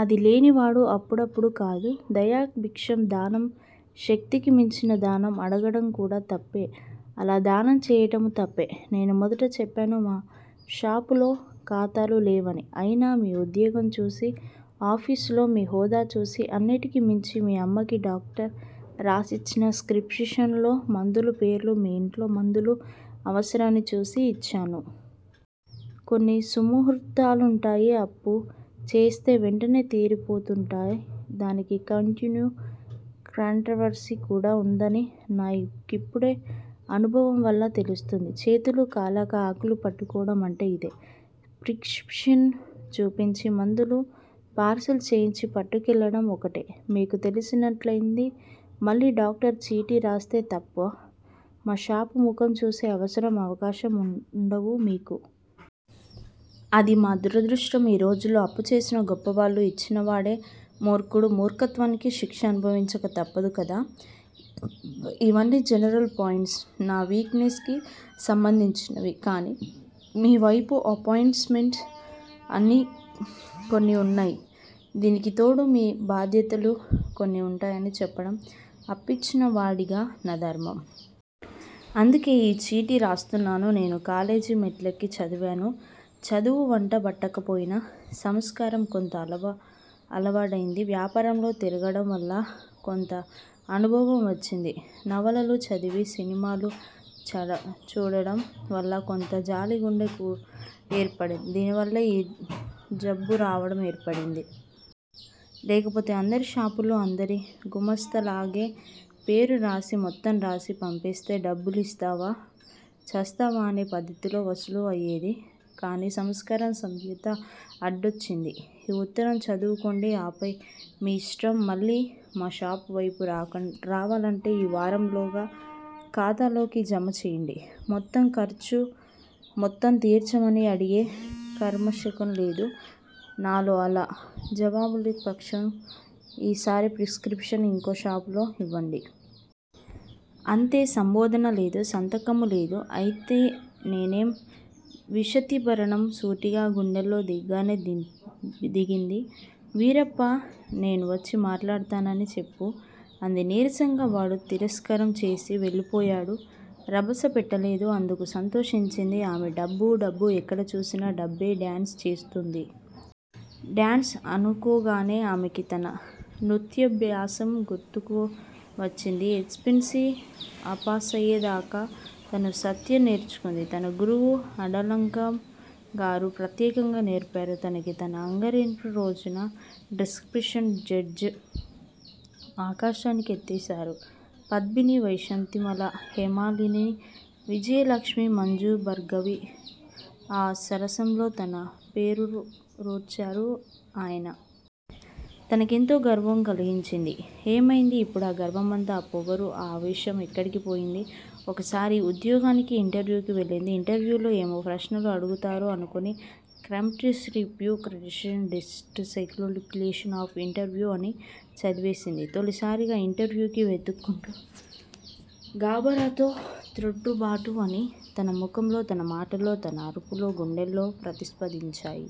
అది లేనినాడు అప్పు అప్పు కాదు. దయాభిక్ష! దానం. శక్తికి మించిన దానం అడగటం కూడా తప్పే. అలా దానం చేయటమూ తప్పే! నేను మొదట చెప్పాను! మా షాపులో ఖాతాలు లేవని! అయినా మీ ఉద్యోగం చూసి, ఆఫీసులో మీ హోదా చూసి అన్నిటికి మించి మీ అమ్మకి డాక్టర్ రాసిచ్చిన ప్రిస్కిప్షన్ లో మందుల పేర్లు మీ ఇంట్లో మందుల అవసరాన్ని చూసి ఇచ్చాను. కొన్ని సుముహూర్తాలుంటాయి. అప్పు ఇస్తే వెంటనే తీరిపోతాయట. దానికి క్వయిట్ కాంట్రవర్సరీ కూడా వుంటుందని నా కిప్పుడే అనుభవం వల్ల తెలుస్తూంది. చేతులు కాలక ఆకులు పట్టుకోవటం అంటే ఇదే! ప్రిస్కిప్షన్ చూపించి మందులు పార్సిల్ చేయించి పట్టుకెళ్ళటం ఒక్కటే మీకు తెలిసినట్లుంది. మళ్ళీ డాక్టరు చీటీ రాస్తే తప్ప మా షాపు ముఖం చూసే అవసరం, అవకాశం వుండవు మీకు. అది మా దురదృష్టం. ఈ రోజుల్లో అప్పు చేసిన గొప్పవాళ్ళు. ఇచ్చినవాడే మూర్ఖుడు. మూర్ఖత్వానికి శిక్ష అనుభవించక తప్పదు కదా! ఇవన్నీ జనరల్ పాయింట్స్! నా వీక్ నెస్ కి సంబంధించినవి. కానీ మీ వైపు పాయింట్స్ కొన్ని వున్నాయి. దానికి తోడు మీ బాధ్యతలూ కొన్ని వున్నాయని చెప్పటం అప్పిచ్చిన వాడిగా నా ధర్మం. అందుకే ఈ చీటీ రాస్తున్నాను. నేనూ కాలేజీ మెట్లెక్కి చదివాను. చదువు వంట బట్టకపోయినా సంస్కారం కొంత అలవడింది. వ్యాపారంలో తిరగటంవల్ల కొంత అనుభవం వచ్చింది. నవలలు చదివీ, సినిమాలు చూడటం వల్లా కొంత జాలిగుండె కూడా ఏర్పడింది. దానివల్లే ఈ జాబు రాయటం ఏర్పడింది. లేకపోతే అందరి షాపుల్లో అందరి గుమాస్తాల్లాగే పేరు రాసి మొత్తం రాసి పంపిస్తే డబ్బిస్తావా చస్తావా అనే పద్దతిలో వసూలు అయ్యేది. కానీ సంస్కారం సభ్యత అడ్డొచ్చింది. ఈ ఉత్తరం చదువుకోండి! ఆపై మీ ఇష్టం! మళ్ళీ మా షాపు వైపు రావాలంటే ఓ వారంలోగా ఖాతాకి జమ వేయండి, మొత్తం తీర్చమని అడిగే కర్కశత్వం లేదు నాలో అలా జమవేయలేని పక్షంలో ఈసారి ప్రిస్కిప్షన్ని ఇంకో షాపులో ఇవ్వండి. అంతే! సంబోధన లేదు! సంతకమూ లేదు! అయితేనేం విషతిక్తబాణం సూటిగా గుండెల్లో దిగనే దిగింది. వీరప్పా! నేవచ్చి మాటాడతానని చెప్పు! అంది నీరసంగా. వాడు నమస్కారం చేసి వెళ్ళిపోయాడు. రభస పెట్టలేదు. అందుకు సంతోషించింది ఆమె! డబ్బు! డబ్బు! ఎక్కడ చూసినా డబ్బే డాన్స్ చేస్తూంది!! డాన్స్ అనుకోగానే ఆమెకి తన నృత్యాభ్యాసం గుర్తుకి వచ్చింది. ఎస్సెస్సీ పాసయ్యేదాకా తను నృత్యం నేర్చుకుంది. తన గురువు ఆండాళమ్మగారు ప్రత్యేకంగా నేర్పారు తనకి. తన అరంగేట్రం రోజున డిస్ట్రిక్టు జడ్జ్ ఆకాశానికెత్తేశారు! పద్మిని, వైజయంతిమాల, హేమమాలిని, విజయలక్ష్మి మంజుభార్గవి ఆ వరసలో తన పేరూ చేర్చారు ఆయన. తనకెంతో గర్వం కలిగింది. ఏమయింది ఇప్పుడా గర్వమంతా? ఆ పొగరూ, ఆ ఆవేశం ఎక్కడికి పోయింది? ఓసారి ఉద్యోగానికి ఇంటర్వ్యూకి వెళ్ళింది. ఇంటర్వ్యూలో ఏయే ప్రశ్నలు అడుగుతారో అనుకుని competitive review, career digest, encyclopedia of interview అన్నీ చదివేసింది. తొలిసారిగా ఇంటర్వ్యూకి వెడుతున్న గాబరాతో, తొట్రుబాటు అన్నీ తన ముఖంలో తన మాటల్లో తన అదురుతున్న గుండెల్లో ప్రతిధ్వనించాయి.